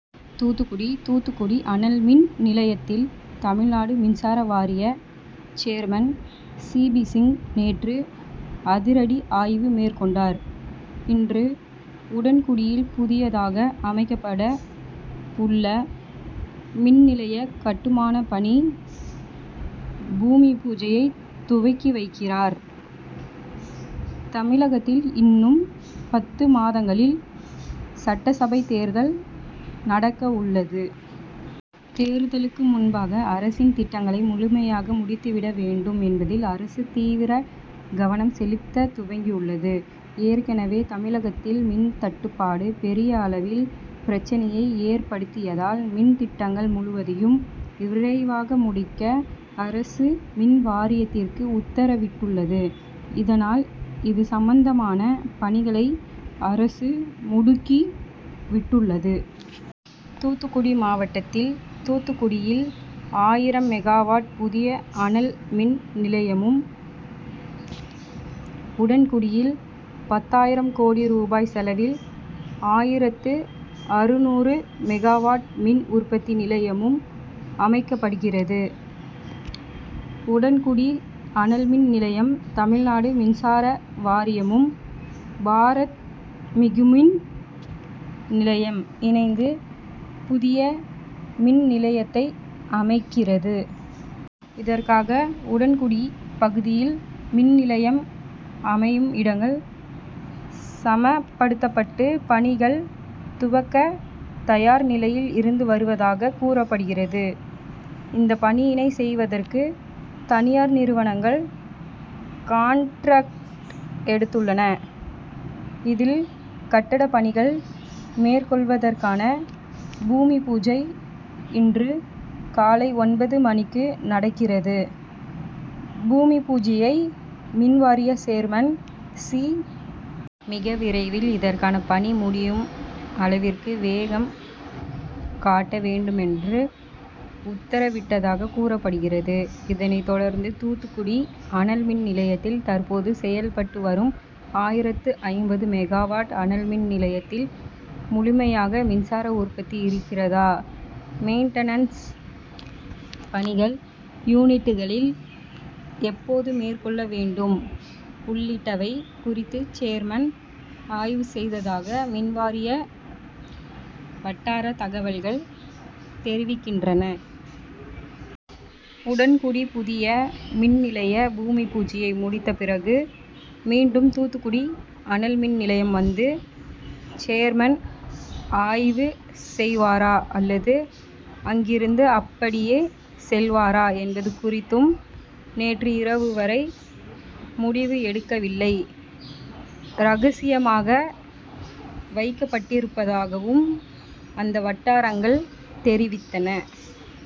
தூத்துக்குடி தூத்துக்குடி அனல்மின் நிலையத்தில் தமிழ்நாடு மின்சார வாரிய சேர்மன் சி. பி சிங் நேற்று அதிரடி ஆய்வு மேற்கொண்டார். இன்று உடன்குடியில் புதியதாக அமைக்கப்பட உள்ள மின் நிலைய கட்டுமான பணி பூமிபூஜையை துவக்கி வைக்கிறார். தமிழகத்தில் இன்னும் பத்து மாதங்களில் சட்டசபை தேர்தல் நடக்க உள்ளது. தேர்தலுக்கு முன்பாக அரசின் திட்டங்களை முழுமையாக முடித்து விட வேண்டும் என்பதில் அரசு தீவிர கவனம் செலுத்த துவங்கியுள்ளது. ஏற்கனவே தமிழகத்தில் மின் தட்டுப்பாடு பெரிய அளவில் பிரச்னையை ஏற்படுத்தியதால் மின் திட்டங்கள் முழுவதையும் விரைவாக முடிக்க அரசு மின்வாரியத்திற்கு உத்தரவிட்டுள்ளது. இதனால் இது சம்பந்தமான பணிகளை அரசு முடுக்கி விட்டுள்ளது. தூத்துக்குடி மாவட்டத்தில் தூத்துக்குடியில் ஆயிரம் மெகாவாட் புதிய அனல் மின் நிலையமும், உடன்குடியில் பத்தாயிரம் கோடி ரூபாய் செலவில் ஆயிரத்து அறுநூறு மெகாவாட் மின் உற்பத்தி நிலையமும் அமைக்கப்படுகிறது. உடன்குடி அனல்மின் நிலையம் தமிழ்நாடு மின்சார வாரியமும், பாரத் மிகுமின் நிலையம் இணைந்து புதிய மின் நிலையத்தை அமைக்கிறது. இதற்காக உடன்குடி பகுதியில் மின் நிலையம் அமையும் இடங்கள் சமப்படுத்தப்பட்டு பணிகள் துவக்க தயார் நிலையில் இருந்து வருவதாக கூறப்படுகிறது. இந்த பணியினை செய்வதற்கு தனியார் நிறுவனங்கள் காண்டிராக்ட் எடுத்துள்ளன. இதில் கட்டட பணிகள் மேற்கொள்வதற்கான பூமிபூஜை இன்று காலை ஒன்பது மணிக்கு நடக்கிறது. பூமிபூஜையை மின்வாரிய சேர்மன் சி. மிக விரைவில் இதற்கான பணி முடியும் அளவிற்கு வேகம் காட்ட வேண்டும் என்று உத்தரவிட்டதாக கூறப்படுகிறது. இதனை தொடர்ந்து தூத்துக்குடி அனல்மின்நிலையத்தில் தற்போது செயல்பட்டு வரும் ஆயிரத்து ஐம்பது மெகாவாட் அனல்மின் நிலையத்தில் முழுமையாக மின்சார உற்பத்தி இருக்கிறதா, மெயின்டனன்ஸ் பணிகள் யூனிட்களில் எப்போது மேற்கொள்ள வேண்டும் உள்ளிட்டவை குறித்து சேர்மன் ஆய்வு செய்ததாக மின்வாரிய வட்டார தகவல்கள் தெரிவிக்கின்றன. உடன்குடி புதிய மின் நிலைய பூமிபூஜையை முடித்த பிறகு மீண்டும் தூத்துக்குடி அனல்மின் நிலையம் வந்து சேர்மன் ஆய்வு செய்வாரா அல்லது அங்கிருந்து அப்படியே செல்வாரா என்பது குறித்தும் நேற்று இரவு வரை முடிவு எடுக்கவில்லை. ரகசியமாக வைக்கப்பட்டிருப்பதாகவும் அந்த வட்டாரங்கள் தெரிவித்தன.